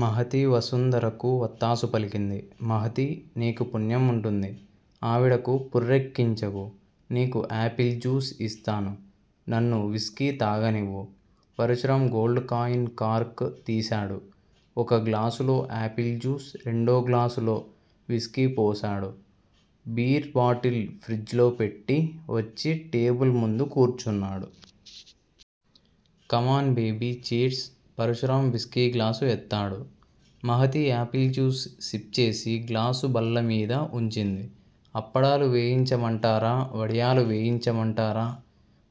మహతి వసుంధరకు వత్తాసు పలికింది. మహతీ! నీకు పుణ్యం ఉంటుంది. ఆవిడకు పురెక్కించకు. నీకు యాపిల్ జ్యూస్ ఇస్తాను. నన్ను విస్కీ తాగనివ్వు. పరశురాం గోల్డ్ కాయిన్ కార్క్ తీశాడు. ఒక గ్లాసులో యాపిల్ జ్యూస్ రెండో గ్లాసులో విస్కీ పోశాడు. బీర్ బాటిల్ ఫ్రిజ్‌లో పెట్టి వచ్చి టేబుల్ ముందు కూర్చున్నాడు. Come on baby cheers Parashuram whisky glass ఎత్తాడు. మహతి యాపిల్ జ్యూస్ సిప్ చేసి గ్లాసు బల్ల మీద ఉంచింది. అప్పడాలు వేయించమంటారా వడియాలు వేయించమంటారా?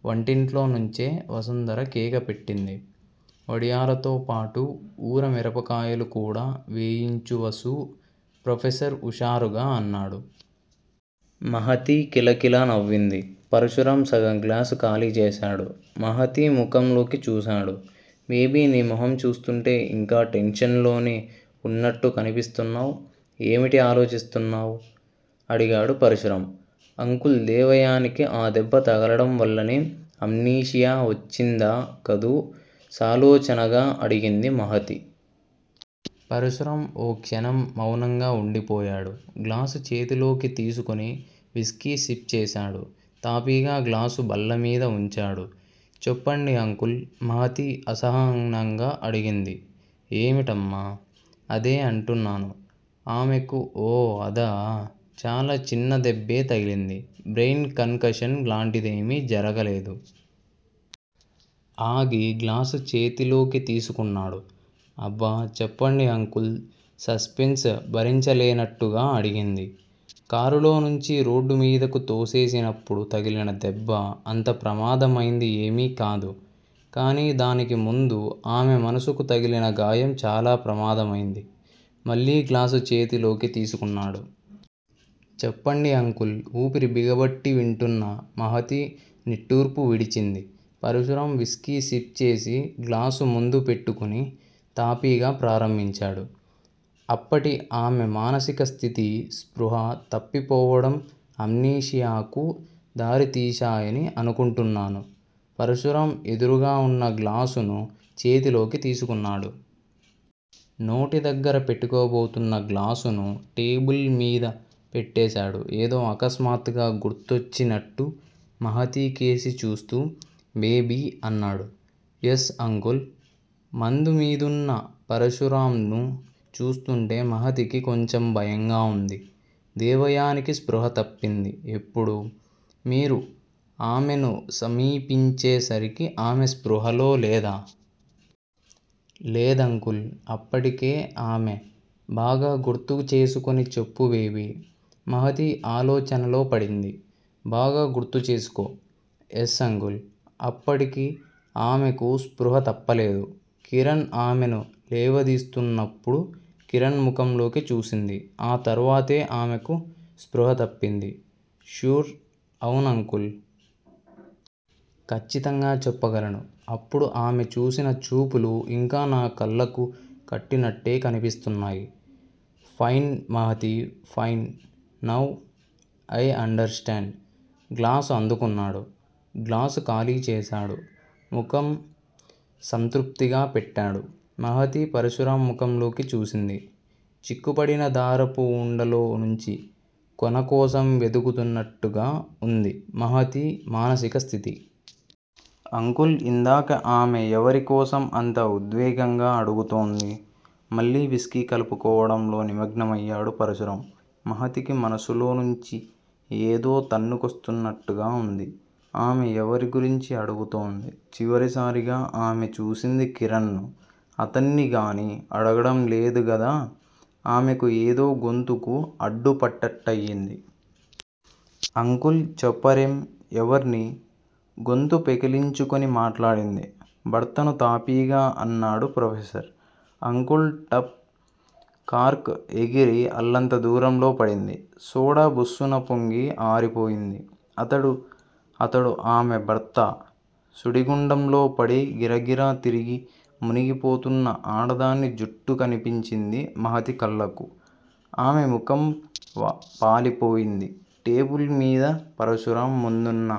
వంటింట్లో నుంచే వసుంధర కేక పెట్టింది. వడియాలతో పాటు ఊర మిరపకాయలు కూడా వేయించు వసూ ప్రొఫెసర్ ఉషారుగా అన్నాడు. మహతి కిలకిలా నవ్వింది. పరశురాం సగం గ్లాసు ఖాళీ చేశాడు. మహతి ముఖంలోకి చూశాడు. బేబీ నీ మొహం చూస్తుంటే ఇంకా టెన్షన్‌లోనే ఉన్నట్టు కనిపిస్తున్నావ్. ఏమిటి ఆలోచిస్తున్నావ్? అడిగాడు పరశురాం. అంకుల్ దేవయానికి ఆ దెబ్బ తగలడం వల్లనే అమ్నీషియా వచ్చిందా కదూ సాలోచనగా అడిగింది మహతి. పరశురాం ఓ క్షణం మౌనంగా ఉండిపోయాడు. గ్లాసు చేతిలోకి తీసుకుని విస్కీ సిప్ చేశాడు. తాపీగా గ్లాసు బల్ల మీద ఉంచాడు. చెప్పండి అంకుల్ మహతి అసహనంగా అడిగింది. ఏమిటమ్మా! అదే అంటున్నాను. ఆమెకు ఓ అదా? చాలా చిన్న దెబ్బే తగిలింది. బ్రెయిన్ కన్‌కషన్ లాంటిదేమీ జరగలేదు. ఆగి గ్లాసు చేతిలోకి తీసుకున్నాడు. అబ్బా చెప్పండి అంకుల్ సస్పెన్స్ భరించలేనట్టుగా అడిగింది. కారులో నుంచి రోడ్డుమీదకు తోసేసినప్పుడు తగిలిన దెబ్బ అంత ప్రమాదమైంది ఏమీ కాదు. కానీ దానికి ముందు ఆమె మనసుకు తగిలిన గాయం చాలా ప్రమాదమైంది. మళ్లీ గ్లాసు చేతిలోకి తీసుకున్నాడు. చెప్పండి అంకుల్ ఊపిరి బిగబట్టి వింటున్న మహతి నిట్టూర్పు విడిచింది. పరశురాం విస్కీ సిప్ చేసి గ్లాసు ముందు పెట్టుకుని తాపీగా ప్రారంభించాడు. అప్పటి ఆమె మానసిక స్థితి స్పృహ తప్పిపోవడం అమ్నీషియాకు దారి తీశాయని అనుకుంటున్నాను. పరశురాం ఎదురుగా ఉన్న గ్లాసును చేతిలోకి తీసుకున్నాడు. నోటి దగ్గర పెట్టుకోబోతున్న గ్లాసును టేబుల్ మీద పెట్టేశాడు. ఏదో అకస్మాత్తుగా గుర్తొచ్చినట్టు మహతి కేసి చూస్తూ బేబీ అన్నాడు. Yes uncle. మందు మీదున్న పరశురాంను చూస్తుంటే మహతికి కొంచెం భయంగా ఉంది. దేవయానికి స్పృహ తప్పింది ఎప్పుడు? మీరు ఆమెను సమీపించే సరికి ఆమె స్పృహలో లేదా? లేదంకుల్. అప్పటికే ఆమె... బాగా గుర్తుచేసుకుని చెప్పు బేబీ. మహతి ఆలోచనలో పడింది. బాగా గుర్తు చేసుకో. Yes uncle. అప్పటికి ఆమెకు స్పృహ తప్పలేదు. కిరణ్ ఆమెను లేవదీస్తున్నప్పుడు కిరణ్ ముఖంలోకి చూసింది. ఆ తర్వాతే ఆమెకు స్పృహ తప్పింది. ష్యూర్! అవును అంకుల్. ఖచ్చితంగా చెప్పగలను. అప్పుడు ఆమె చూసిన చూపులు ఇంకా నా కళ్లకు కట్టినట్టే కనిపిస్తున్నాయి. Fine Mahati fine now I understand. Glass అందుకున్నాడు. గ్లాసు ఖాళీ చేశాడు. ముఖం సంతృప్తిగా పెట్టాడు. మహతి పరశురాం ముఖంలోకి చూసింది. చిక్కుపడిన దారపు ఉండలో నుంచి కొన కోసం వెదుకుతున్నట్టుగా ఉంది మహతి మానసిక స్థితి. అంకుల్ ఇందాక ఆమె ఎవరి కోసం అంత ఉద్వేగంగా అడుగుతోంది? మళ్లీ విస్కీ కలుపుకోవడంలో నిమగ్నమయ్యాడు పరశురాం. మహతికి మనసులో నుంచి ఏదో తన్నుకొస్తున్నట్టుగా ఉంది. ఆమె ఎవరి గురించి అడుగుతోంది. చివరిసారిగా ఆమె చూసింది కిరణ్‌ను. అతన్ని గానీ అడగడం లేదుగదా? ఆమెకు ఏదో గొంతుకు అడ్డుపడ్డట్టయింది. అంకుల్! చెప్పరేం? ఎవర్ని? గొంతు పెకిలించుకొని మాట్లాడింది. భర్తను తాపీగా అన్నాడు ప్రొఫెసర్. అంకుల్ టప్. కార్క్ ఎగిరి అల్లంత దూరంలో పడింది. సోడా బుస్సున పొంగి ఆరిపోయింది. అతడు అతడు ఆమె భర్తా? సుడిగుండంలో పడి గిరగిరా తిరిగి మునిగిపోతున్న ఆడదాని జుట్టు కనిపించింది మహతి కళ్లకు. ఆమె ముఖం పాలిపోయింది. టేబుల్ మీద పరశురాం ముందున్న.